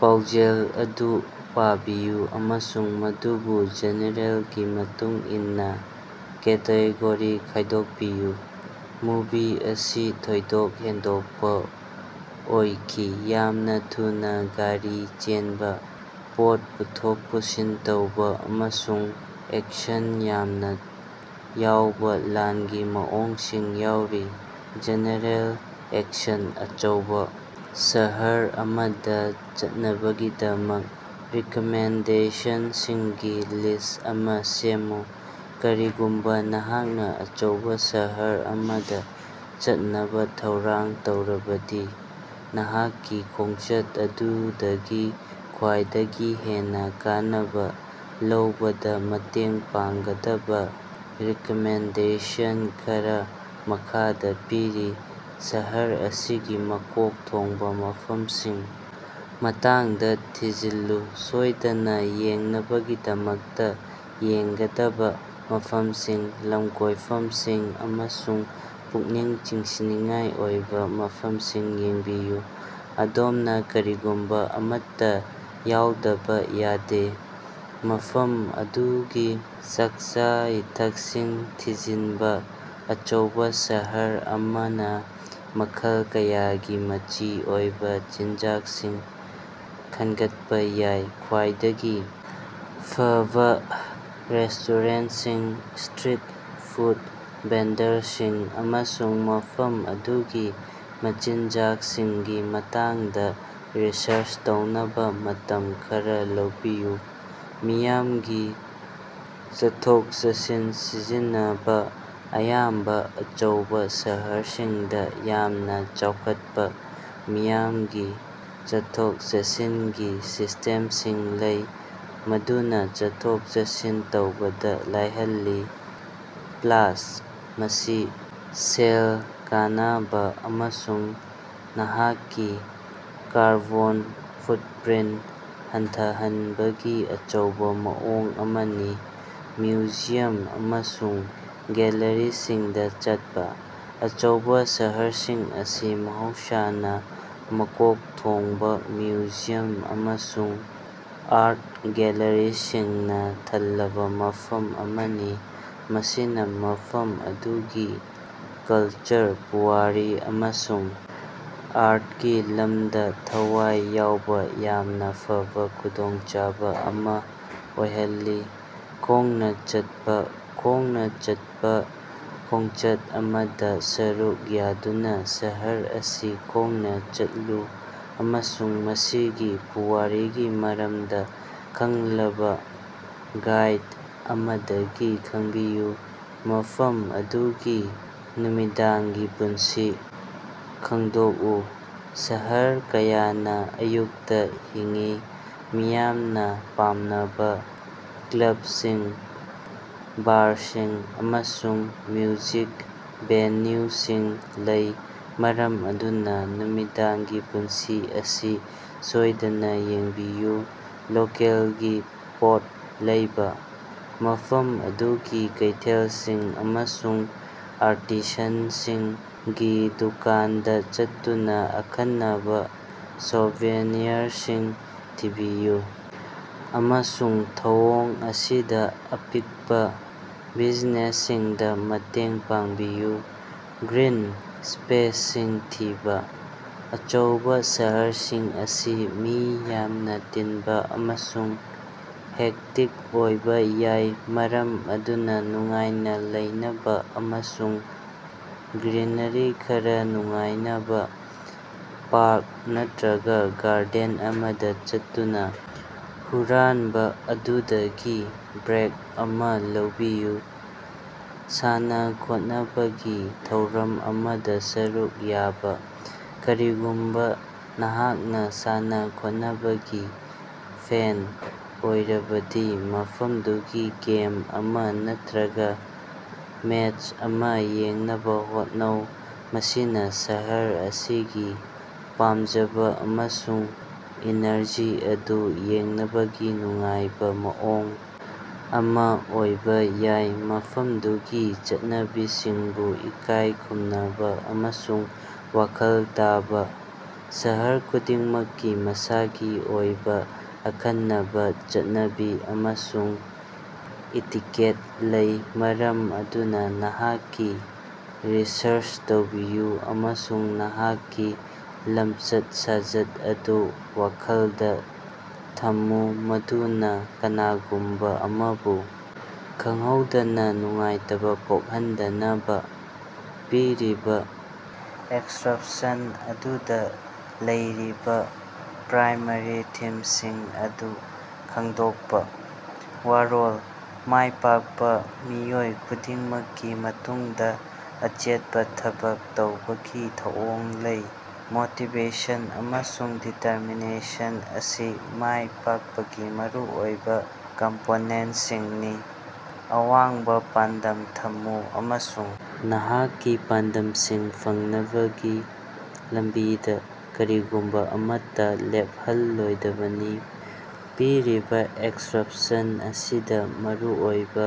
ꯄꯥꯎꯖꯦꯜ ꯑꯗꯨ ꯄꯥꯕꯤꯌꯨ ꯑꯃꯁꯨꯡ ꯃꯗꯨꯕꯨ ꯖꯦꯅꯔꯦꯜꯒꯤ ꯃꯇꯨꯡ ꯏꯟꯅ ꯀꯦꯇꯦꯒꯣꯔꯤ ꯈꯥꯏꯗꯣꯛꯄꯤꯌꯨ꯫ ꯃꯨꯚꯤ ꯑꯁꯤ ꯊꯣꯏꯗꯣꯛ ꯍꯦꯟꯗꯣꯛꯄ ꯑꯣꯏꯈꯤ, ꯌꯥꯝꯅ ꯊꯨꯅ ꯒꯥꯔꯤ ꯆꯦꯟꯕ, ꯄꯣꯠ ꯄꯨꯊꯣꯛ ꯄꯨꯁꯤꯟ ꯇꯧꯕ ꯑꯃꯁꯨꯡ ꯑꯦꯛꯁꯟ ꯌꯥꯝꯅ ꯌꯥꯎꯕ ꯂꯥꯟꯒꯤ ꯃꯑꯣꯡꯁꯤꯡ ꯌꯥꯎꯈꯤ꯫ General: action. ꯑꯆꯧꯕ ꯁꯍꯔ ꯑꯃꯗ ꯆꯠꯅꯕꯒꯤꯗꯃꯛ ꯔꯤꯀꯃꯦꯟꯗꯦꯁꯟꯁꯤꯡꯒꯤ ꯂꯤꯁ ꯑꯃ ꯁꯦꯝꯃꯨ꯫ ꯀꯔꯤꯒꯨꯝꯕ ꯅꯍꯥꯛꯅ ꯑꯆꯧꯕ ꯁꯍꯔ ꯑꯃꯗ ꯆꯠꯅꯕ ꯊꯧꯔꯥꯡ ꯇꯧꯔꯕꯗꯤ, ꯅꯍꯥꯛꯀꯤ ꯈꯣꯡꯆꯠ ꯑꯗꯨꯗꯒꯤ ꯈ꯭ꯋꯥꯏꯗꯒꯤ ꯍꯦꯟꯅ ꯀꯥꯟꯅꯕ ꯂꯧꯕꯗ ꯃꯇꯦꯡ ꯄꯥꯡꯒꯗꯕ ꯔꯤꯀꯃꯦꯟꯗꯦꯁꯟ ꯈꯔ ꯃꯈꯥꯗ ꯄꯤꯔꯤ: ꯁꯍꯔ ꯑꯁꯤꯒꯤ ꯃꯀꯣꯛ ꯊꯣꯡꯕ ꯃꯐꯝꯁꯤꯡꯒꯤ ꯃꯇꯥꯡꯗ ꯊꯤꯖꯤꯜꯂꯨ: ꯁꯣꯏꯗꯅ ꯌꯦꯡꯅꯕꯒꯤꯗꯃꯛꯇ ꯌꯦꯡꯒꯗꯕ ꯃꯐꯝꯁꯤꯡ, ꯂꯝꯀꯣꯏꯐꯝꯁꯤꯡ ꯑꯃꯁꯨꯡ ꯄꯨꯛꯅꯤꯡ ꯆꯤꯡꯁꯤꯟꯅꯤꯡꯉꯥꯏ ꯑꯣꯏꯕ ꯃꯐꯝꯁꯤꯡ ꯌꯦꯡꯕꯤꯌꯨ꯫ ꯑꯗꯣꯝꯅ ꯀꯔꯤꯒꯨꯝꯕ ꯑꯃꯠꯇ ꯌꯥꯎꯗꯕ ꯌꯥꯗꯦ꯫ ꯃꯐꯝ ꯑꯗꯨꯒꯤ ꯆꯥꯀꯆꯥ-ꯏꯊꯛꯁꯤꯡ ꯊꯤꯖꯤꯟꯕ: ꯑꯆꯧꯕ ꯁꯍꯔ ꯑꯃꯅ ꯃꯈꯜ ꯀꯌꯥꯒꯤ ꯃꯆꯤ ꯑꯣꯏꯕ ꯆꯤꯟꯖꯥꯛꯁꯤꯡ ꯈꯟꯒꯠꯄ ꯌꯥꯏ꯫ ꯈ꯭ꯋꯥꯏꯗꯒꯤ ꯐꯕ ꯔꯦꯁ꯭ꯇꯣꯔꯦꯟꯠꯁꯤꯡ, ꯁ꯭ꯇꯔꯤꯠ ꯐꯨꯗ ꯚꯦꯟꯗꯔꯁꯤꯡ, ꯑꯃꯁꯨꯡ ꯃꯐꯝ ꯑꯗꯨꯒꯤ ꯃꯆꯤꯟꯖꯥꯛꯁꯤꯡꯒꯤ ꯃꯇꯥꯡꯗ ꯔꯤꯁꯔꯆ ꯇꯧꯅꯕ ꯃꯇꯝ ꯈꯔꯥ ꯂꯧꯕꯤꯌꯨ꯫ ꯃꯤꯌꯥꯝꯒꯤ ꯆꯠꯊꯣꯛ-ꯆꯠꯁꯤꯟ ꯁꯤꯖꯤꯟꯅꯕ: ꯑꯌꯥꯝꯕ ꯑꯆꯧꯕ ꯁꯍꯔꯁꯤꯡꯗ ꯌꯥꯝꯅ ꯆꯥꯎꯈꯠꯄ ꯃꯤꯌꯥꯝꯒꯤ ꯆꯠꯊꯣꯛ-ꯆꯠꯁꯤꯟꯒꯤ ꯁꯤꯁꯇꯦꯝꯁꯤꯡ ꯂꯩ, ꯃꯗꯨꯅ ꯆꯠꯊꯣꯛ-ꯆꯠꯁꯤꯟ ꯇꯧꯕꯗ ꯂꯥꯏꯍꯜꯂꯤ꯫ ꯄ꯭ꯂꯥꯁ, ꯃꯁꯤ ꯁꯦꯜ ꯀꯅꯕ ꯑꯃꯁꯨꯡ ꯅꯍꯥꯛꯀꯤ ꯀꯥꯔꯕꯣꯟ ꯐꯨꯠꯄ꯭ꯔꯤꯟꯠ ꯍꯟꯊꯍꯟꯕꯒꯤ ꯑꯆꯧꯕ ꯃꯑꯣꯡ ꯑꯃꯅꯤ꯫ ꯃ꯭ꯌꯨꯖꯤꯌꯝ ꯑꯃꯁꯨꯡ ꯒꯦꯜꯂꯔꯤꯁꯤꯡꯗ ꯆꯠꯄ: ꯑꯆꯧꯕ ꯁꯍꯔꯁꯤꯡ ꯑꯁꯤ ꯃꯍꯧꯁꯥꯅ ꯃꯀꯣꯛ ꯊꯣꯡꯕ ꯃ꯭ꯌꯨꯖꯤꯌꯝ ꯑꯃꯁꯨꯡ ꯑꯥꯔꯠ ꯒꯦꯜꯂꯔꯤꯁꯤꯡꯅ ꯊꯜꯂꯕ ꯃꯐꯝ ꯑꯃꯅꯤ, ꯃꯁꯤꯅ ꯃꯐꯝ ꯑꯗꯨꯒꯤ ꯀꯜꯆꯔ, ꯄꯨꯋꯥꯔꯤ ꯑꯃꯁꯨꯡ ꯑꯥꯔꯠꯀꯤ ꯂꯝꯗ ꯊꯋꯥꯏ ꯌꯥꯎꯕ ꯌꯥꯝꯅ ꯐꯕ ꯈꯨꯗꯣꯡꯆꯥꯕ ꯑꯃ ꯑꯣꯏꯍꯜꯂꯤ꯫ ꯈꯣꯡꯅ ꯆꯠꯄ: ꯈꯣꯡꯅ ꯆꯠꯄ ꯈꯣꯡꯆꯠ ꯑꯃꯗ ꯁꯔꯨꯛ ꯌꯥꯗꯨꯅ ꯁꯍꯔ ꯑꯁꯤ ꯈꯣꯡꯅ ꯆꯠꯂꯨ ꯑꯃꯁꯨꯡ ꯃꯁꯤꯒꯤ ꯄꯨꯋꯥꯔꯤꯒꯤ ꯃꯔꯝꯗ ꯈꯪꯂꯕ ꯒꯥꯏꯗ ꯑꯃꯗꯒꯤ ꯈꯪꯕꯤꯌꯨ꯫ ꯃꯐꯝ ꯑꯗꯨꯒꯤ ꯅꯨꯃꯤꯗꯥꯡꯒꯤ ꯄꯨꯟꯁꯤ ꯈꯪꯗꯣꯛꯎ: ꯁꯍꯔ ꯀꯌꯥꯅ ꯑꯌꯨꯛꯇ ꯍꯤꯡꯏ, ꯃꯤꯌꯥꯝꯅ ꯄꯥꯝꯅꯕ ꯀ꯭ꯂꯕꯁꯤꯡ, ꯕꯥꯔꯁꯤꯡ, ꯑꯃꯁꯨꯡ ꯃ꯭ꯌꯨꯖꯤꯛ ꯚꯦꯅ꯭ꯌꯨꯁꯤꯡ ꯂꯩ, ꯃꯔꯝ ꯑꯗꯨꯅ ꯅꯨꯃꯤꯗꯥꯡꯒꯤ ꯄꯨꯟꯁꯤ ꯑꯁꯤ ꯁꯣꯏꯗꯅ ꯌꯦꯡꯕꯤꯌꯨ꯫ ꯂꯣꯀꯦꯜꯒꯤ ꯄꯣꯠ ꯂꯩꯕ: ꯃꯐꯝ ꯑꯗꯨꯒꯤ ꯀꯩꯊꯦꯜꯁꯤꯡ ꯑꯃꯁꯨꯡ ꯑꯥꯔꯇꯤꯁꯥꯟꯁꯤꯡꯒꯤ ꯗꯨꯀꯥꯟꯁꯤꯡꯗ ꯆꯠꯇꯨꯅ ꯑꯈꯟꯅꯕ ꯁꯣꯚꯦꯅꯤꯌꯔꯁꯤꯡ ꯊꯤꯕꯤꯌꯨ, ꯑꯃꯁꯨꯡ ꯊꯧꯑꯣꯡ ꯑꯁꯤꯗ ꯑꯄꯤꯛꯄ ꯕꯤꯖꯤꯅꯦꯁꯁꯤꯡꯗ ꯃꯇꯦꯡ ꯄꯥꯡꯕꯤꯌꯨ꯫ ꯒ꯭ꯔꯤꯟ ꯁ꯭ꯄꯦꯁꯁꯤꯡ ꯊꯤꯕ: ꯑꯆꯧꯕ ꯁꯍꯔꯁꯤꯡ ꯑꯁꯤ ꯃꯤ ꯌꯥꯝꯅ ꯇꯤꯟꯕ ꯑꯃꯁꯨꯡ ꯍꯦꯛꯇꯤꯛ ꯑꯣꯏꯕ ꯌꯥꯏ, ꯃꯔꯝ ꯑꯗꯨꯅ ꯅꯨꯡꯉꯥꯏꯅ ꯂꯩꯅꯕ ꯑꯃꯁꯨꯡ ꯒ꯭ꯔꯤꯅꯔꯤ ꯈꯔ ꯅꯨꯡꯉꯥꯏꯅꯕ ꯄꯥꯔꯛ ꯅꯠꯇ꯭ꯔꯒ ꯒꯥꯔꯗꯦꯟ ꯑꯃꯗ ꯆꯠꯇꯨꯅ ꯍꯨꯔꯥꯟꯕ ꯑꯗꯨꯗꯒꯤ ꯕ꯭ꯔꯦꯛ ꯑꯃ ꯂꯧꯕꯤꯌꯨ꯫ ꯁꯥꯟꯅ-ꯈꯣꯠꯅꯕꯒꯤ ꯊꯧꯔꯝ ꯑꯃꯗ ꯁꯔꯨꯛ ꯌꯥꯕ: ꯀꯔꯤꯒꯨꯝꯕ ꯅꯍꯥꯛꯅ ꯁꯥꯟꯅ-ꯈꯣꯠꯅꯕꯒꯤ ꯐꯦꯟ ꯑꯣꯏꯔꯕꯗꯤ, ꯃꯐꯝꯗꯨꯒꯤ ꯒꯦꯝ ꯑꯃ ꯅꯠꯇ꯭ꯔꯒ ꯃꯦꯆ ꯑꯃ ꯌꯦꯡꯅꯕ ꯍꯣꯠꯅꯧ, ꯃꯁꯤꯅ ꯁꯍꯔ ꯑꯁꯤꯒꯤ ꯄꯥꯝꯖꯕ ꯑꯃꯁꯨꯡ ꯏꯅꯔꯖꯤ ꯑꯗꯨ ꯌꯦꯡꯅꯕꯒꯤ ꯅꯨꯡꯉꯥꯏꯕ ꯃꯑꯣꯡ ꯑꯃ ꯑꯣꯏꯕ ꯌꯥꯏ꯫ ꯃꯐꯝꯗꯨꯒꯤ ꯆꯠꯅꯕꯤꯁꯤꯡꯕꯨ ꯏꯀꯥꯏ ꯈꯨꯝꯅꯕ ꯑꯃꯁꯨꯡ ꯋꯥꯈꯜ ꯇꯥꯕ: ꯁꯍꯔ ꯈꯨꯗꯤꯡꯃꯛꯀꯤ ꯃꯁꯥꯒꯤ ꯑꯣꯏꯕ ꯑꯈꯟꯅꯕ ꯆꯠꯅꯕꯤ ꯑꯃꯁꯨꯡ ꯏꯇꯤꯀꯦꯠ ꯂꯩ, ꯃꯔꯝ ꯑꯗꯨꯅ ꯅꯍꯥꯛꯀꯤ ꯔꯤꯁꯔꯆ ꯇꯧꯕꯤꯌꯨ ꯑꯃꯁꯨꯡ ꯅꯍꯥꯛꯀꯤ ꯂꯝꯆꯠ-ꯁꯥꯖꯠ ꯑꯗꯨ ꯋꯥꯈꯜꯗ ꯊꯝꯃꯨ ꯃꯗꯨꯅ ꯀꯅꯥꯒꯨꯝꯕ ꯑꯃꯕꯨ ꯈꯪꯍꯧꯗꯅ ꯅꯨꯡꯉꯥꯏꯇꯕ ꯄꯣꯛꯍꯟꯗꯅꯕ꯫ ꯄꯤꯔꯤꯕ ꯑꯦꯛꯁꯔꯞꯁꯟ ꯑꯗꯨꯗ ꯂꯩꯔꯤꯕ ꯄ꯭ꯔꯥꯏꯃꯥꯔꯤ ꯊꯤꯝꯁꯤꯡ ꯑꯗꯨ ꯈꯪꯗꯣꯛꯄ꯫ ꯋꯥꯔꯣꯜ: "ꯃꯥꯏꯄꯥꯛꯄ ꯃꯤꯑꯣꯏ ꯈꯨꯗꯤꯡꯃꯛꯀꯤ ꯃꯇꯨꯡꯗ ꯑꯆꯦꯠꯄ ꯊꯕꯛ ꯇꯧꯕꯒꯤ ꯊꯧꯑꯣꯡ ꯂꯩ꯫ ꯃꯣꯇꯤꯕꯦꯁꯟ ꯑꯃꯁꯨꯡ ꯗꯤꯇꯔꯃꯤꯅꯦꯁꯟ ꯑꯁꯤ ꯃꯥꯏ ꯄꯥꯛꯄꯒꯤ ꯃꯔꯨꯑꯣꯏꯕ ꯀꯝꯄꯣꯅꯦꯟꯠꯁꯤꯡꯅꯤ꯫ ꯑꯋꯥꯡꯕ ꯄꯥꯟꯗꯝ ꯊꯝꯃꯨ ꯑꯃꯁꯨꯡ ꯅꯍꯥꯛꯀꯤ ꯄꯥꯟꯗꯝꯁꯤꯡ ꯐꯪꯅꯕꯒꯤ ꯂꯝꯕꯤꯗ ꯀꯔꯤꯒꯨꯝꯕ ꯑꯃꯠꯇ ꯂꯦꯞꯍꯜꯂꯣꯏꯗꯕꯅꯤ꯫" ꯄꯤꯔꯤꯕ ꯑꯦꯛꯁꯔꯞꯁꯟ ꯑꯁꯤꯗ ꯃꯔꯨꯑꯣꯏꯕ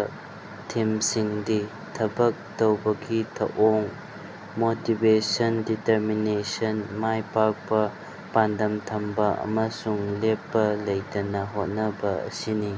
ꯊꯤꯝꯁꯤꯡꯗꯤ: ꯊꯕꯛ ꯇꯧꯕꯒꯤ ꯊꯧꯑꯣꯡ, ꯃꯣꯇꯤꯚꯦꯁꯟ, ꯗꯤꯇꯔꯃꯤꯅꯦꯁꯟ, ꯃꯥꯏꯄꯥꯛꯄ, ꯄꯥꯟꯗꯝ ꯊꯝꯕ, ꯑꯃꯁꯨꯡ ꯂꯦꯞꯄ ꯂꯩꯇꯅ ꯍꯣꯠꯅꯕ ꯑꯁꯤꯅꯤ꯫